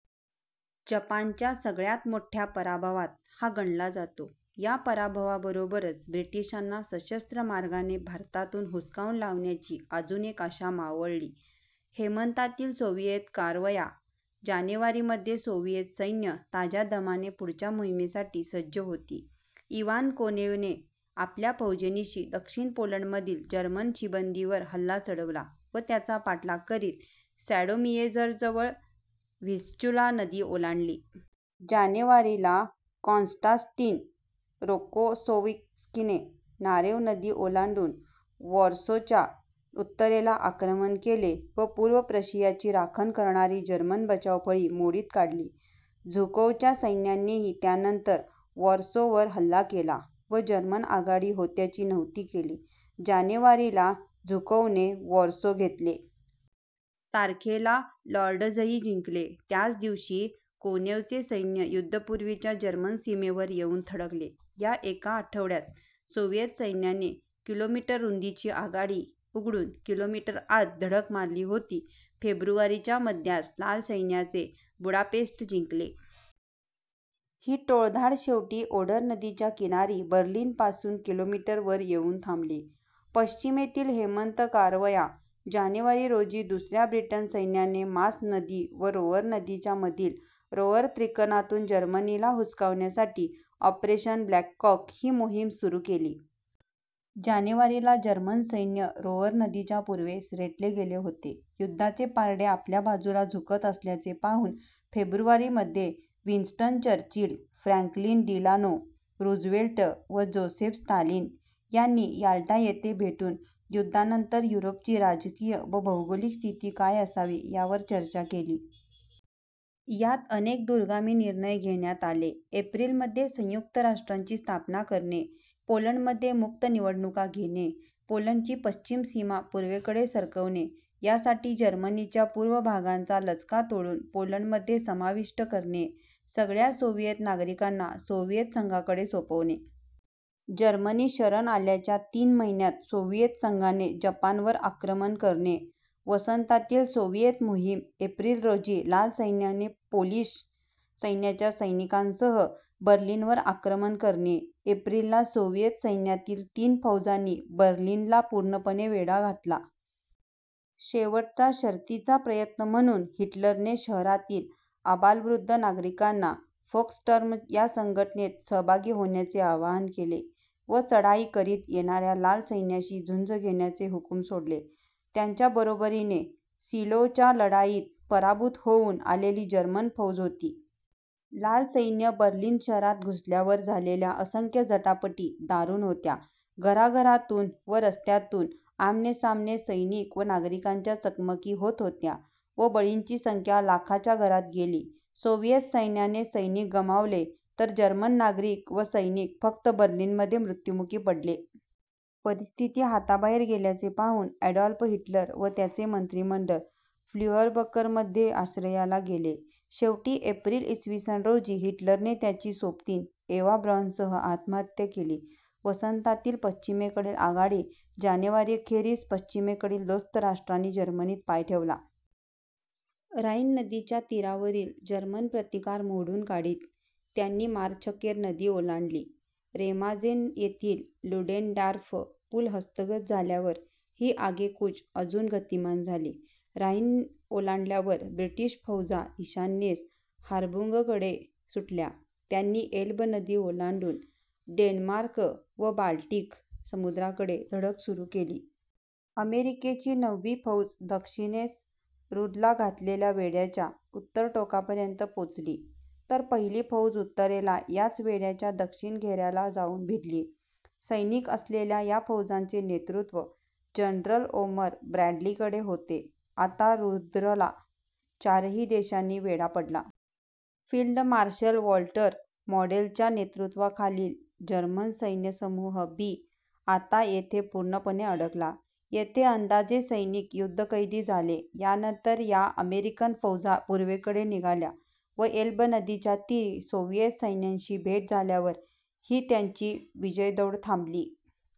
जपानच्या सगळ्यात मोठ्या पराभवात हा गणला जातो. या पराभवाबरोबरच ब्रिटिशांना सशस्त्र मार्गाने भारतातून हुसकावून लावण्याची अजून एक आशा मावळली. हेमंतातील सोव्हिएत कारवाया जानेवारी मध्ये सोव्हिएत सैन्य ताज्या दमाने पुढच्या मोहीमेसाठी सज्ज होती. इव्हान कोनेव्हने आपल्या फौजेनिशी दक्षिण पोलंडमधील जर्मन शिबंदीवर हल्ला चढवला व त्यांचा पाठलाग करीत सॅंडोमियेर्झजवळ व्हिस्चुला नदी ओलांडली. जानेवारी ला कॉन्स्टान्टिन रोकोसोव्स्कीने नारेव नदी ओलांडून वॉर्सोच्या उत्तरेला आक्रमण केले व पूर्व प्रशियाची राखण करणारी जर्मन बचावफळी मोडीत काढली. झुकोवच्या सैन्यानेही त्यानंतर वॉर्सोवर हल्ला केला व जर्मन आघाडी होत्याची नव्हती केली. जानेवारी ला झुकोवने वॉर्सो घेतले. तारखेला लॉड्झही जिंकले. त्याचदिवशी कोनेव्हचे सैन्य युद्धपूर्वीच्या जर्मन सीमेवर येऊन थडकले. या एका आठवड्यात सोव्हिएत सैन्याने कि. मी. रुंदीची आघाडी उघडून कि. मी. आत धडक मारली होती. फेब्रुवारीच्या मध्यास लाल सैन्याने बुडापेस्ट जिंकले. ही टोळधाड शेवटी ओडर नदीच्या किनारी बर्लिनपासून कि. मी. वर येऊन थांबली. पश्चिमेतील हेमंत कारवाया जानेवारी रोजी दुसऱ्या ब्रिटिश सैन्याने मास नदी व रोअर नदीच्या मधील रोअर त्रिकोणातून जर्मनीला हुसकावण्यासाठी ऑपरेशन ब्लॅककॉक ही मोहीम सुरू केली. जानेवारी ला जर्मन सैन्य रोअर नदीच्या पूर्वेस रेटले गेले होते. युद्धाचे पारडे आपल्या बाजूला झुकत असल्याचे पाहून फेब्रुवारी मध्ये Winston Churchill, Franklin Delano Roosevelt व जोसेफ स्टालिन यांनी याल्टा येथे भेटून युद्धानंतर युरोपची राजकीय व भौगोलिक स्थिती काय असावी यावर चर्चा केली. यात अनेक दूरगामी निर्णय घेण्यात आले. एप्रिल मध्ये संयुक्त राष्ट्रांची स्थापना करणे. पोलंडमध्ये मुक्त निवडणूका घेणे. पोलंडची पश्चिम सीमा पूर्वेकडे सरकवणे यासाठी जर्मनीच्या पूर्व भागाचा लचका तोडून पोलंडमध्ये समाविष्ट करणे. सगळ्या सोव्हिएत नागरिकांना सोव्हिएत संघाकडे सोपवणे. जर्मनी शरण आल्याच्या तीन महिन्यात सोव्हिएत संघाने जपानवर आक्रमण करणे. वसंतातील सोव्हिएत मोहीम एप्रिल रोजी लाल सैन्याने पोलिश सैन्याच्या सैनिकांसह बर्लिनवर आक्रमण केले. एप्रिल ला सोव्हिएत सैन्यातील तीन फौजांनी बर्लिनला पूर्णपणे वेढा घातला. शेवटचा शर्थीचा प्रयत्न म्हणून हिटरलने शहरातील आबालवृद्ध नागरिकांना फोक्सस्टर्म या संघटनेत सहभागी होण्याचे आवाहन केले व चढाई करीत येणाऱ्या लाल सैन्याशी झुंज घेण्याचे हुकुम सोडले. त्यांच्याबरोबरीने सीलोच्या लढाईत पराभूत होऊन आलेली जर्मन फौज होती. लाल सैन्य बर्लिन शहरात घुसल्यावर झालेल्या असंख्य झटापटी दारुण होत्या. घराघरातून व रस्त्यातून आमनेसामने सैनिक व नागरिकांच्या चकमकी होत होत्या व बळींची संख्या लाखांच्या घरात गेली. सोव्हिएत सैन्याने सैनिक गमावले तर जर्मन नागरिक व सैनिक फक्त बर्लिनमध्ये मृ्त्युमुखी पडले. परिस्थिती हाताबाहेर गेल्याचे पाहून ॲडॉल्फ हिटलर व त्याचे मंत्रीमंडळ फ्युह्ररबंकरमध्ये आश्रयाला गेले. शेवटी एप्रिल, इ. स. रोजी हिटलरने त्याची सोबतीण एव्हा ब्रॉनसह आत्महत्या केली. वसंतातील पश्चिमेकडील आघाडी जानेवारीअखेरीस पश्चिमेकडील दोस्त राष्ट्रांनी जर्मनीत पाय ठेवला. ऱ्हाइन नदीच्या तीरावरील जर्मन प्रतिकार मोडून काढीत त्यानी मार्चअखेर नदी ओलांडली. रेमाजेन येथील लुडेनडॉर्फ पूल हस्तगत झाल्यावर ही आगेकूच अजून गतिमान झाली. ऱ्हाइन ओलांडल्यावर ब्रिटिश फौजा ईशान्येस हांबुर्गकडे सुटल्या. त्यांनी एल्ब नदी ओलांडून डेन्मार्क व बाल्टिक समुद्राकडे धडक सुरू केली. अमेरिकेची नववी फौज दक्षिणेस रुह्रला घातलेल्या वेढ्याच्या उत्तर टोकापर्यंत पोचली तर पहिली फौज उत्तरेला याच वेढ्याच्या दक्षिण घेऱ्याला जाऊन भिडली. सैनिक असलेल्या या फौजांचे नेतृत्व जन्रल ओमर ब्रॅडलीकडे होते. आता रुह्रला चारही दिशांनी वेढा पडला. फील्ड मार्शल वॉल्टर मॉडेलच्या नेतृत्वाखालील जर्मन सैन्यसमूह बी आता येथे पूर्णपणे अडकला. येथे अंदाजे सैनिक युद्धकैदी झाले. यानंतर या अमेरिकन फौजा पूर्वेकडे निघाल्या व एल्ब नदीच्या तीरी सोव्हिएत सैन्याशी भेट झाल्यावर ही त्यांची विजयदौड थांबली.